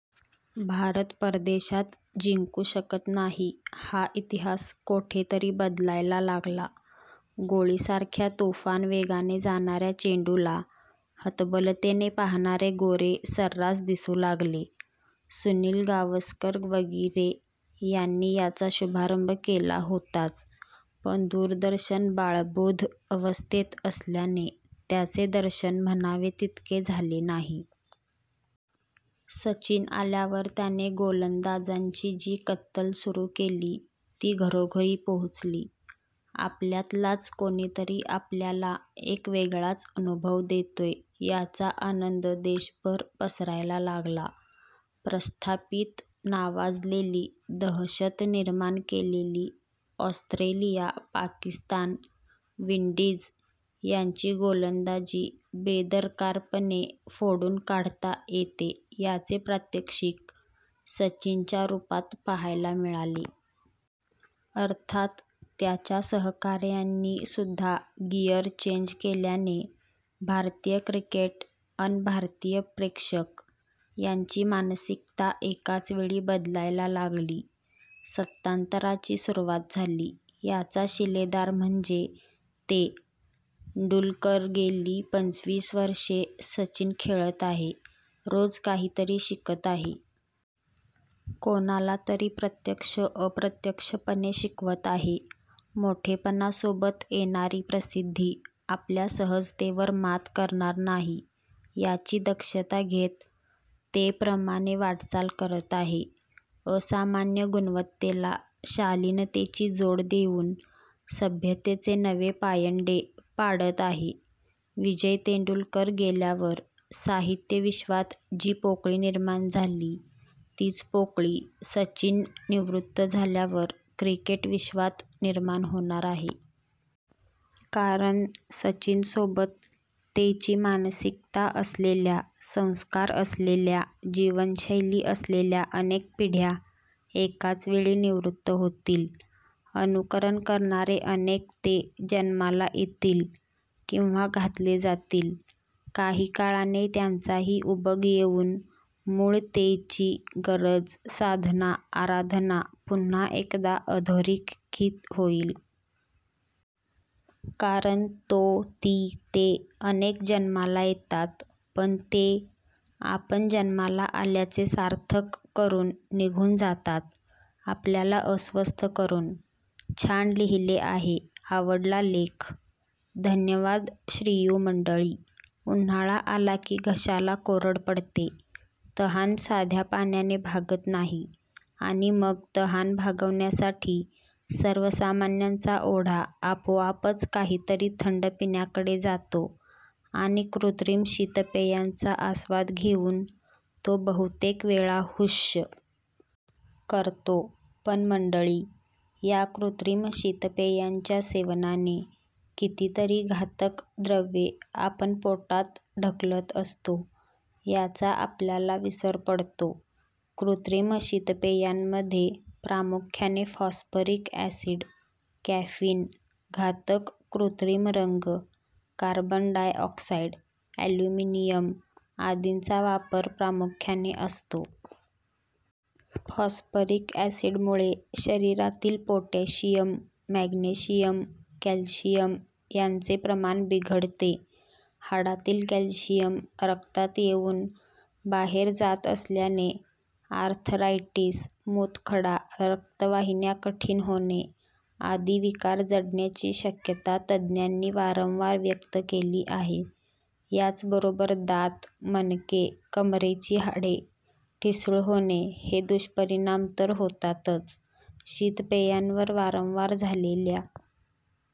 भारत परदेशात जिंकू शकत नाही हा इतिहास कोठेतरी बदलायला लागला. गोळी सारख्या तुफान वेगाने जाणाऱ्या चेंडूला हतबलतेने पाहणारे गोरे सर्रास दिसू लागले. सुनील गावस्कर वगिरे यांनी याचा शुभारंभ केला होताच पण दूरदर्शन बाळबोध अवस्थेत असल्याने त्याचे दर्शन म्हणावे तितके झाले नाही. सचिन आल्यावर त्याने गोलंदाजांची जी कत्तल सुरु केली ती घरोघरी पोहोचली. आपल्यातलाच कोणीतरी आपल्याला एक वेगळाच अनुभव देतोय याचा आनंद देशभर पसरायला लागला. प्रस्थापीत, नावाजलेली, दहशतनिर्माण केलेली ओस्त्रेलिया, पाकिस्तान, विंडीज यांची गोलंदाजी बेदरकारपणे फोडून काढता येते याचे प्रात्यक्षिक सचिन च्या रुपात पहायला मिळाले. अर्थात त्याच्या सहकार्यांनी सुद्धा गिअर चेंज केल्याने भारतीय क्रिकेट अन भारतीय प्रेक्षक यांची मानसिकता एकाच वेळी बदलायला लागली. सत्तांतराची सुरुवात झाली.. याचा शिलेदार म्हणजे 'तें ' डूलकरगेली पंचवीस वर्षे सचिन खेळत आहे. रोज काहीतरी शिकत आहे. कोणालातरी प्रत्यक्ष -अप्रत्यक्षपणे शिकवत आहे. मोठेपणासोबत येणारी प्रसिद्धी आपल्या सहजतेवर मात करणार नाही याची दक्षता घेत 'तें ' प्रमाणे वाटचाल करत आहे. असामान्य गुणवत्तेला शालिनतेची जोड देऊन सभ्यतेचे नवे पायंडे पाडत आहे. विजय तेंडूलकर गेल्यावर साहित्य विश्वात जी पोकळी निर्माण झाली तीच पोकळी सचिन निवृत्त झाल्यावर क्रिकेट विश्वात निर्माण होणार आहे. कारण सचिन सोबत 'तें ' ची मानसिकता असलेल्या, संस्कार असलेल्या, जीवनशैली असलेल्या अनेक पिढ्या एकाच वेळी निवृत्त होतील.. अनुकरण करणारे अनेक 'तें ' जन्माला येतील किंवा घातले जातील. काही काळाने त्यांचाही उबग येउन मूळ 'तें ' ची गरज, साधना, आराधना पुन्हा एकदा अधोरेखित होईल. कारण तो, ती, ते अनेक जन्माला येतात पण 'तें '?? आपण जन्माला आल्याचे सार्थक करून निघून जातातआपल्याला अस्वस्थ करून..!! छान लिहिले आहेआवडला लेख. धन्यवाद श्रीयू मंडळी, उन्हाळा आला की घशाला कोरड पडते, तहान साध्या पाण्याने भागत नाही आणि मग तहान भागवण्यासाठी सर्वसामान्यांचा ओढा आपोआपच काहीतरी थंड पिण्याकडे जातो आणि कृत्रिम शीतपेयांचा आस्वाद घेऊन तो बहुतेक वेळा हुश्श.. करतो. पण मंडळी, या कृत्रिम शीतपेयांच्या सेवनाने कितीतरी घातक द्रव्ये आपण पोटात ढकलत असतो याचा आपल्याला विसर पडतो. कृत्रिम शीतपेयांमध्ये प्रामुख्याने फॉस्फरिक अॅसिड, कॅफीन, घातक कृत्रिम रंग, कार्बन डायऑक्साईड, अॅल्युमिनियम आदींचा वापर प्रामुख्याने असतो. फॉस्फरिक अॅसिडमुळे शरीरातील पोटॅशियम, मॅग्नेशियम, कॅल्शियम यांचे प्रमाण बिघडते. हाडातील कॅल्शियम रक्तात येऊन बाहेर जात असल्याने आर्थरायटिस, मूतखडा, रक्तवाहिन्या कठीण होणे आदी विकार जडण्याची शक्यता तज्ज्ञांनी वारंवार व्यक्त केली आहे. याचबरोबर दात, मणके, कमरेची हाडे ठिसूळ होणे हे दुष्परिणाम तर होतातच. शीतपेयांवर वारंवार झालेल्या